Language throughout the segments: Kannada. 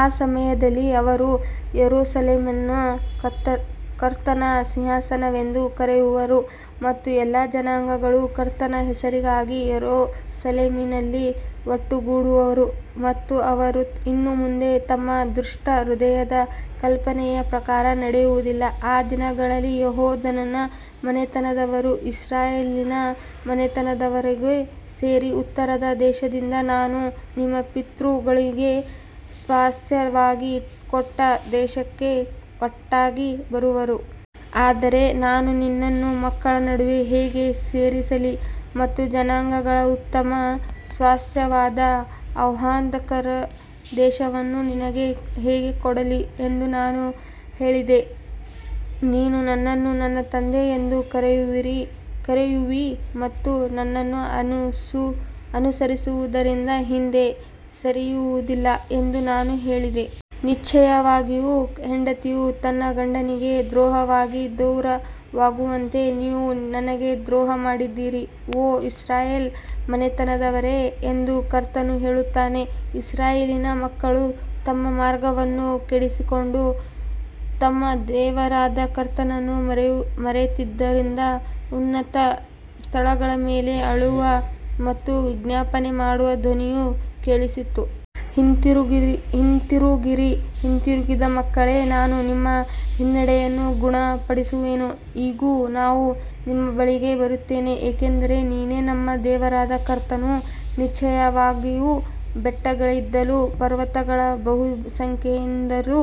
ಆ ಸಮಯದಲ್ಲಿ ಅವರು ಯೆರೂಸಲೇಮನ್ನು ಕರ್ತನ ಸಿಂಹಾಸನವೆಂದು ಕರೆಯುವರು ಮತ್ತು ಎಲ್ಲಾ ಜನಾಂಗಗಳು ಕರ್ತನ ಹೆಸರಿಗಾಗಿ ಯೆರೂಸಲೇಮಿನಲ್ಲಿ ಒಟ್ಟುಗೂಡುವರು ಮತ್ತು ಅವರು ಇನ್ನು ಮುಂದೆ ತಮ್ಮ ದುಷ್ಟ ಹೃದಯದ ಕಲ್ಪನೆಯ ಪ್ರಕಾರ ನಡೆಯುವುದಿಲ್ಲ. ಆ ದಿನಗಳಲ್ಲಿ ಯೆಹೂದದ ಮನೆತನದವರು ಇಸ್ರಾಯೇಲಿನ ಮನೆತನದವರೊಂದಿಗೆ ಸೇರಿ ಉತ್ತರದ ದೇಶದಿಂದ ನಾನು ನಿಮ್ಮ ಪಿತೃಗಳಿಗೆ ಸ್ವಾಸ್ತ್ಯವಾಗಿ ಕೊಟ್ಟ ದೇಶಕ್ಕೆ ಒಟ್ಟಾಗಿ ಬರುವರು. ಆದರೆ ನಾನು ನಿನ್ನನ್ನು ಮಕ್ಕಳ ನಡುವೆ ಹೇಗೆ ಸೇರಿಸಲಿ ಮತ್ತು ಜನಾಂಗಗಳ ಉತ್ತಮ ಸ್ವಾಸ್ತ್ಯವಾದ ಆಹ್ಲಾದಕರ ದೇಶವನ್ನು ನಿನಗೆ ಹೇಗೆ ಕೊಡಲಿ ಎಂದು ನಾನು ಹೇಳಿದೆ. ನೀನು ನನ್ನನ್ನು ನನ್ನ ತಂದೆ ಎಂದು ಕರೆಯುವಿ ಮತ್ತು ನನ್ನನ್ನು ಅನುಸರಿಸುವುದರಿಂದ ಹಿಂದೆ ಸರಿಯುವುದಿಲ್ಲ ಎಂದು ನಾನು ಹೇಳಿದೆ. ನಿಶ್ಚಯವಾಗಿಯೂ ಹೆಂಡತಿಯು ತನ್ನ ಗಂಡನಿಗೆ ದ್ರೋಹವಾಗಿ ದೂರವಾಗುವಂತೆ ನೀವು ನನಗೆ ದ್ರೋಹಮಾಡಿದ್ದೀರಿ, ಓ ಇಸ್ರಾಯೇಲ್ ಮನೆತನದವರೇ ಎಂದು ಕರ್ತನು ಹೇಳುತ್ತಾನೆ. ಇಸ್ರಾಯೇಲಿನ ಮಕ್ಕಳು ತಮ್ಮ ಮಾರ್ಗವನ್ನು ಕೆಡಿಸಿಕೊಂಡು ತಮ್ಮ ದೇವರಾದ ಕರ್ತನನ್ನು ಮರೆತಿದ್ದರಿಂದ ಉನ್ನತ ಸ್ಥಳಗಳ ಮೇಲೆ ಅಳುವ ಮತ್ತು ವಿಜ್ಞಾಪನೆ ಮಾಡುವ ಧ್ವನಿಯು ಕೇಳಿಸಿತು. ಹಿಂತಿರುಗಿರಿ, ಹಿಂತಿರುಗಿದ ಮಕ್ಕಳೇ, ನಾನು ನಿಮ್ಮ ಹಿನ್ನಡೆಯನ್ನು ಗುಣಪಡಿಸುವೆನು. ಇಗೋ, ನಾವು ನಿಮ್ಮ ಬಳಿಗೆ ಬರುತ್ತೇವೆ, ಏಕೆಂದರೆ ನೀನೇ ನಮ್ಮ ದೇವರಾದ ಕರ್ತನು. ನಿಶ್ಚಯವಾಗಿಯೂ ಬೆಟ್ಟಗಳಿಂದಲೂ ಪರ್ವತಗಳ ಬಹುಸಂಖ್ಯೆಯಿಂದಲೂ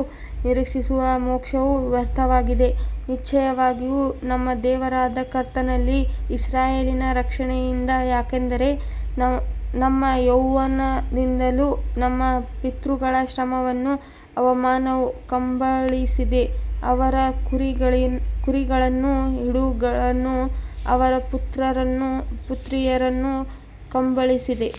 ನಿರೀಕ್ಷಿಸುವ ಮೋಕ್ಷವು ವ್ಯರ್ಥವಾಗಿದೆ, ನಿಶ್ಚಯವಾಗಿಯೂ ನಮ್ಮ ದೇವರಾದ ಕರ್ತನಲ್ಲಿ ಇಸ್ರಾಯೇಲಿನ ರಕ್ಷಣೆಯಿದೆ. ಯಾಕಂದರೆ ನಮ್ಮ ಯೌವನದಿಂದಲೂ ನಮ್ಮ ಪಿತೃಗಳ ಶ್ರಮವನ್ನು ಅವಮಾನವು ಕಬಳಿಸಿದೆ, ಅವರ ಕುರಿಗಳನ್ನೂ ಹಿಂಡುಗಳನ್ನೂ, ಅವರ ಪುತ್ರರನ್ನೂ ಪುತ್ರಿಯರನ್ನೂ ಕಬಳಿಸಿದೆ.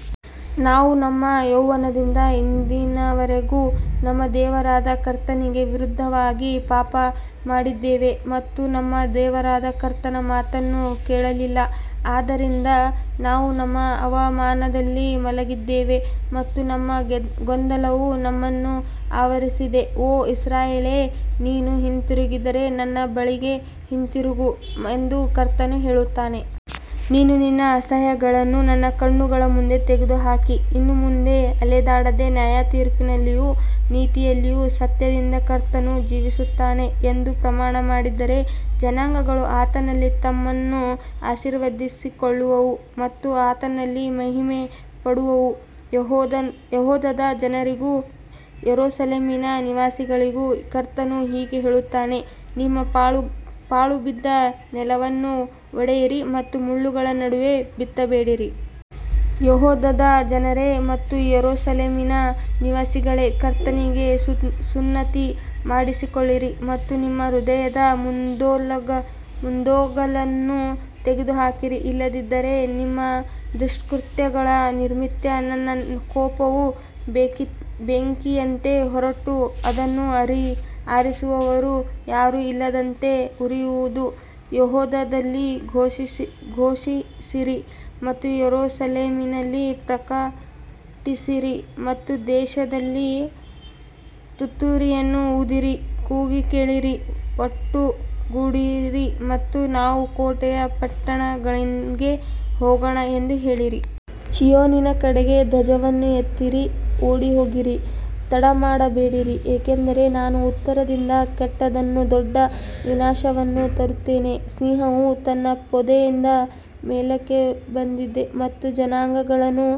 ನಾವು ನಮ್ಮ ಯೌವನದಿಂದ ಇಂದಿನವರೆಗೂ ನಮ್ಮ ದೇವರಾದ ಕರ್ತನಿಗೆ ವಿರುದ್ಧವಾಗಿ ಪಾಪಮಾಡಿದ್ದೇವೆ ಮತ್ತು ನಮ್ಮ ದೇವರಾದ ಕರ್ತನ ಮಾತನ್ನು ಕೇಳಲಿಲ್ಲ. ಆದ್ದರಿಂದ ನಾವು ನಮ್ಮ ಅವಮಾನದಲ್ಲಿ ಮಲಗಿದ್ದೇವೆ ಮತ್ತು ನಮ್ಮ ಗೊಂದಲವು ನಮ್ಮನ್ನು ಆವರಿಸಿದೆ. ಓ ಇಸ್ರಾಯೇಲೇ, ನೀನು ಹಿಂತಿರುಗಿದರೆ ನನ್ನ ಬಳಿಗೆ ಹಿಂತಿರುಗು ಎಂದು ಕರ್ತನು ಹೇಳುತ್ತಾನೆ. ನೀನು ನಿನ್ನ ಅಸಹ್ಯಗಳನ್ನು ನನ್ನ ಕಣ್ಣುಗಳ ಮುಂದೆ ತೆಗೆದುಹಾಕಿ ಇನ್ನು ಮುಂದೆ ಅಲೆದಾಡದೆ ನ್ಯಾಯತೀರ್ಪಿನಲ್ಲಿಯೂ ನೀತಿಯಲ್ಲಿಯೂ ಸತ್ಯದಿಂದ ಕರ್ತನು ಜೀವಿಸುತ್ತಾನೆ ಎಂದು ಪ್ರಮಾಣಮಾಡಿದರೆ, ಜನಾಂಗಗಳು ಆತನಲ್ಲಿ ತಮ್ಮನ್ನು ಆಶೀರ್ವದಿಸಿಕೊಳ್ಳುವವು ಮತ್ತು ಆತನಲ್ಲಿ ಮಹಿಮೆಪಡುವವು. ಯೆಹೂದದ ಜನರಿಗೂ ಯೆರೂಸಲೇಮಿನ ನಿವಾಸಿಗಳಿಗೂ ಕರ್ತನು ಹೀಗೆ ಹೇಳುತ್ತಾನೆ, ನಿಮ್ಮ ಪಾಳುಬಿದ್ದ ನೆಲವನ್ನು ಒಡೆಯಿರಿ ಮತ್ತು ಮುಳ್ಳುಗಳ ನಡುವೆ ಬಿತ್ತಬೇಡಿರಿ. ಯೆಹೂದದ ಜನರೇ ಮತ್ತು ಯೆರೂಸಲೇಮಿನ ನಿವಾಸಿಗಳೇ, ಕರ್ತನಿಗೆ ಸುನ್ನತಿ ಮಾಡಿಸಿಕೊಳ್ಳಿರಿ ಮತ್ತು ನಿಮ್ಮ ಹೃದಯಗಳ ಮುಂದೊಗಲನ್ನು ತೆಗೆದುಹಾಕಿರಿ, ಇಲ್ಲದಿದ್ದರೆ ನಿಮ್ಮ ದುಷ್ಕೃತ್ಯಗಳ ನಿಮಿತ್ತ ನನ್ನ ಕೋಪವು ಬೆಂಕಿಯಂತೆ ಹೊರಟು ಅದನ್ನು ಆರಿಸುವವರು ಯಾರೂ ಇಲ್ಲದಂತೆ ಉರಿಯುವುದು. ಯೆಹೂದದಲ್ಲಿ ಘೋಷಿಸಿರಿ ಮತ್ತು ಯೆರೂಸಲೇಮಿನಲ್ಲಿ ಪ್ರಕಟಿಸಿರಿ ಮತ್ತು ದೇಶದಲ್ಲಿ ತುತ್ತೂರಿಯನ್ನು ಊದಿರಿ, ಕೂಗಿ ಹೇಳಿರಿ, ಒಟ್ಟುಗೂಡಿರಿ ಮತ್ತು ನಾವು ಕೋಟೆಯ ಪಟ್ಟಣಗಳಿಗೆ ಹೋಗೋಣ ಎಂದು ಹೇಳಿರಿ. ಚೀಯೋನಿನ ಕಡೆಗೆ ಧ್ವಜವನ್ನು ಎತ್ತಿರಿ, ಓಡಿಹೋಗಿರಿ, ತಡಮಾಡಬೇಡಿರಿ, ಏಕೆಂದರೆ ನಾನು ಉತ್ತರದಿಂದ ಕೆಟ್ಟದ್ದನ್ನೂ ದೊಡ್ಡ ವಿನಾಶವನ್ನೂ ತರುತ್ತೇನೆ. ಸಿಂಹವು ತನ್ನ ಪೊದೆಯಿಂದ ಮೇಲಕ್ಕೆ ಬಂದಿದೆ ಮತ್ತು ಜನಾಂಗಗಳನ್ನು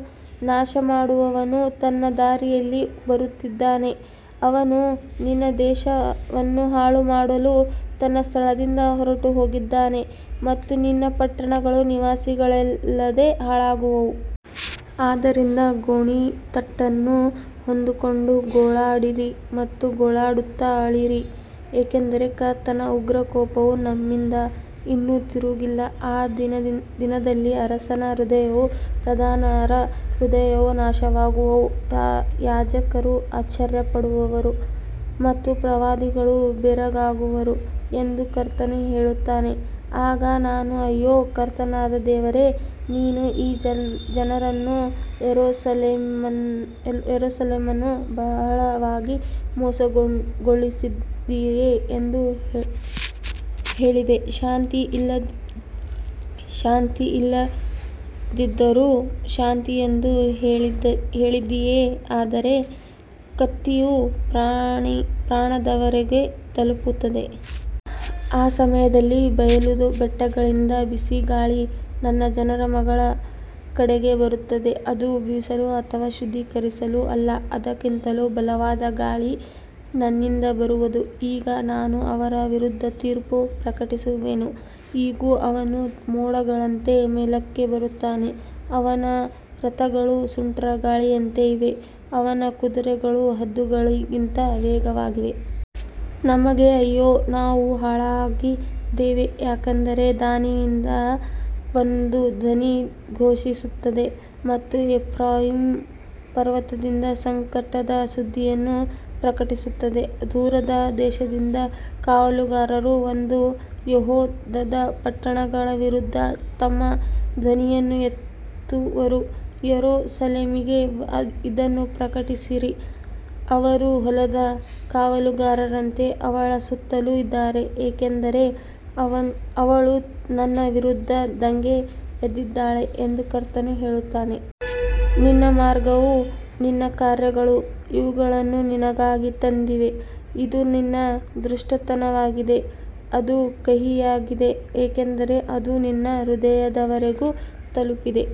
ನಾಶಮಾಡುವವನು ತನ್ನ ದಾರಿಯಲ್ಲಿ ಬರುತ್ತಿದ್ದಾನೆ. ಅವನು ನಿನ್ನ ದೇಶವನ್ನು ಹಾಳುಮಾಡಲು ತನ್ನ ಸ್ಥಳದಿಂದ ಹೊರಟುಹೋಗಿದ್ದಾನೆ ಮತ್ತು ನಿನ್ನ ಪಟ್ಟಣಗಳು ನಿವಾಸಿಗಳಿಲ್ಲದೆ ಹಾಳಾಗುವವು. ಆದ್ದರಿಂದ ಗೋಣಿತಟ್ಟನ್ನು ಹೊದ್ದುಕೊಂಡು ಗೋಳಾಡಿರಿ ಮತ್ತು ಗೋಳಾಡುತ್ತಾ ಅಳಿರಿ, ಏಕೆಂದರೆ ಕರ್ತನ ಉಗ್ರ ಕೋಪವು ನಮ್ಮಿಂದ ಇನ್ನೂ ತಿರುಗಿಲ್ಲ. ಆ ದಿನದಲ್ಲಿ ಅರಸನ ಹೃದಯವೂ ಪ್ರಧಾನರ ಹೃದಯವೂ ನಾಶವಾಗುವವು, ಯಾಜಕರು ಆಶ್ಚರ್ಯಪಡುವರು ಮತ್ತು ಪ್ರವಾದಿಗಳು ಬೆರಗಾಗುವರು ಎಂದು ಕರ್ತನು ಹೇಳುತ್ತಾನೆ. ಆಗ ನಾನು, ಅಯ್ಯೋ, ಕರ್ತನಾದ ದೇವರೇ, ನೀನು ಈ ಜನರನ್ನೂ ಯೆರೂಸಲೇಮನ್ನೂ ಬಹಳವಾಗಿ ಮೋಸಗೊಳಿಸಿದ್ದೀಯೆ ಎಂದು ಹೇಳಿದೆ, ಶಾಂತಿ ಇಲ್ಲದಿದ್ದರೂ ಶಾಂತಿ ಎಂದು ಹೇಳಿದ್ದೀಯೆ, ಆದರೆ ಕತ್ತಿಯು ಪ್ರಾಣದವರೆಗೆ ತಲುಪುತ್ತದೆ. ಆ ಸಮಯದಲ್ಲಿ ಬಯಲು ಬೆಟ್ಟಗಳಿಂದ ಬಿಸಿ ಗಾಳಿ ನನ್ನ ಜನರ ಮಗಳ ಕಡೆಗೆ ಬರುತ್ತದೆ, ಅದು ಬೀಸಲು ಅಥವಾ ಶುದ್ಧೀಕರಿಸಲು ಅಲ್ಲ. ಇದಕ್ಕಿಂತಲೂ ಬಲವಾದ ಗಾಳಿ ನನ್ನಿಂದ ಬರುವದು, ಈಗ ನಾನು ಅವರ ವಿರುದ್ಧ ತೀರ್ಪು ಪ್ರಕಟಿಸುವೆನು. ಇಗೋ, ಅವನು ಮೋಡಗಳಂತೆ ಮೇಲಕ್ಕೆ ಬರುತ್ತಾನೆ, ಅವನ ರಥಗಳು ಸುಂಟರಗಾಳಿಯಂತೆ ಇವೆ, ಅವನ ಕುದುರೆಗಳು ಹದ್ದುಗಳಿಗಿಂತ ವೇಗವಾಗಿವೆ. ನಮಗೆ ಅಯ್ಯೋ, ನಾವು ಹಾಳಾಗಿದ್ದೇವೆ. ಯಾಕಂದರೆ ದಾನಿನಿಂದ ಒಂದು ಧ್ವನಿ ಘೋಷಿಸುತ್ತದೆ ಮತ್ತು ಎಫ್ರಾಯೀಮ್ ಪರ್ವತದಿಂದ ಸಂಕಟದ ಸುದ್ದಿಯನ್ನು ಪ್ರಕಟಿಸುತ್ತದೆ. ದೂರದ ದೇಶದಿಂದ ಕಾವಲುಗಾರರು ಬಂದು ಯೆಹೂದದ ಪಟ್ಟಣಗಳ ವಿರುದ್ಧ ತಮ್ಮ ಧ್ವನಿಯನ್ನು ಎತ್ತುವರು. ಯೆರೂಸಲೇಮಿಗೆ ಇದನ್ನು ಪ್ರಕಟಿಸಿರಿ. ಅವರು ಹೊಲದ ಕಾವಲುಗಾರರಂತೆ ಅವಳ ಸುತ್ತಲೂ ಇದ್ದಾರೆ, ಏಕೆಂದರೆ ಅವಳು ನನ್ನ ವಿರುದ್ಧ ದಂಗೆ ಎದ್ದಿದ್ದಾಳೆ ಎಂದು ಕರ್ತನು ಹೇಳುತ್ತಾನೆ. ನಿನ್ನ ಮಾರ್ಗವೂ ನಿನ್ನ ಕಾರ್ಯಗಳೂ ಇವುಗಳನ್ನು ನಿನಗಾಗಿ ತಂದಿವೆ. ಇದು ನಿನ್ನ ದುಷ್ಟತನವಾಗಿದೆ, ಅದು ಕಹಿಯಾಗಿದೆ, ಏಕೆಂದರೆ ಅದು ನಿನ್ನ ಹೃದಯದವರೆಗೂ ತಲುಪಿದೆ.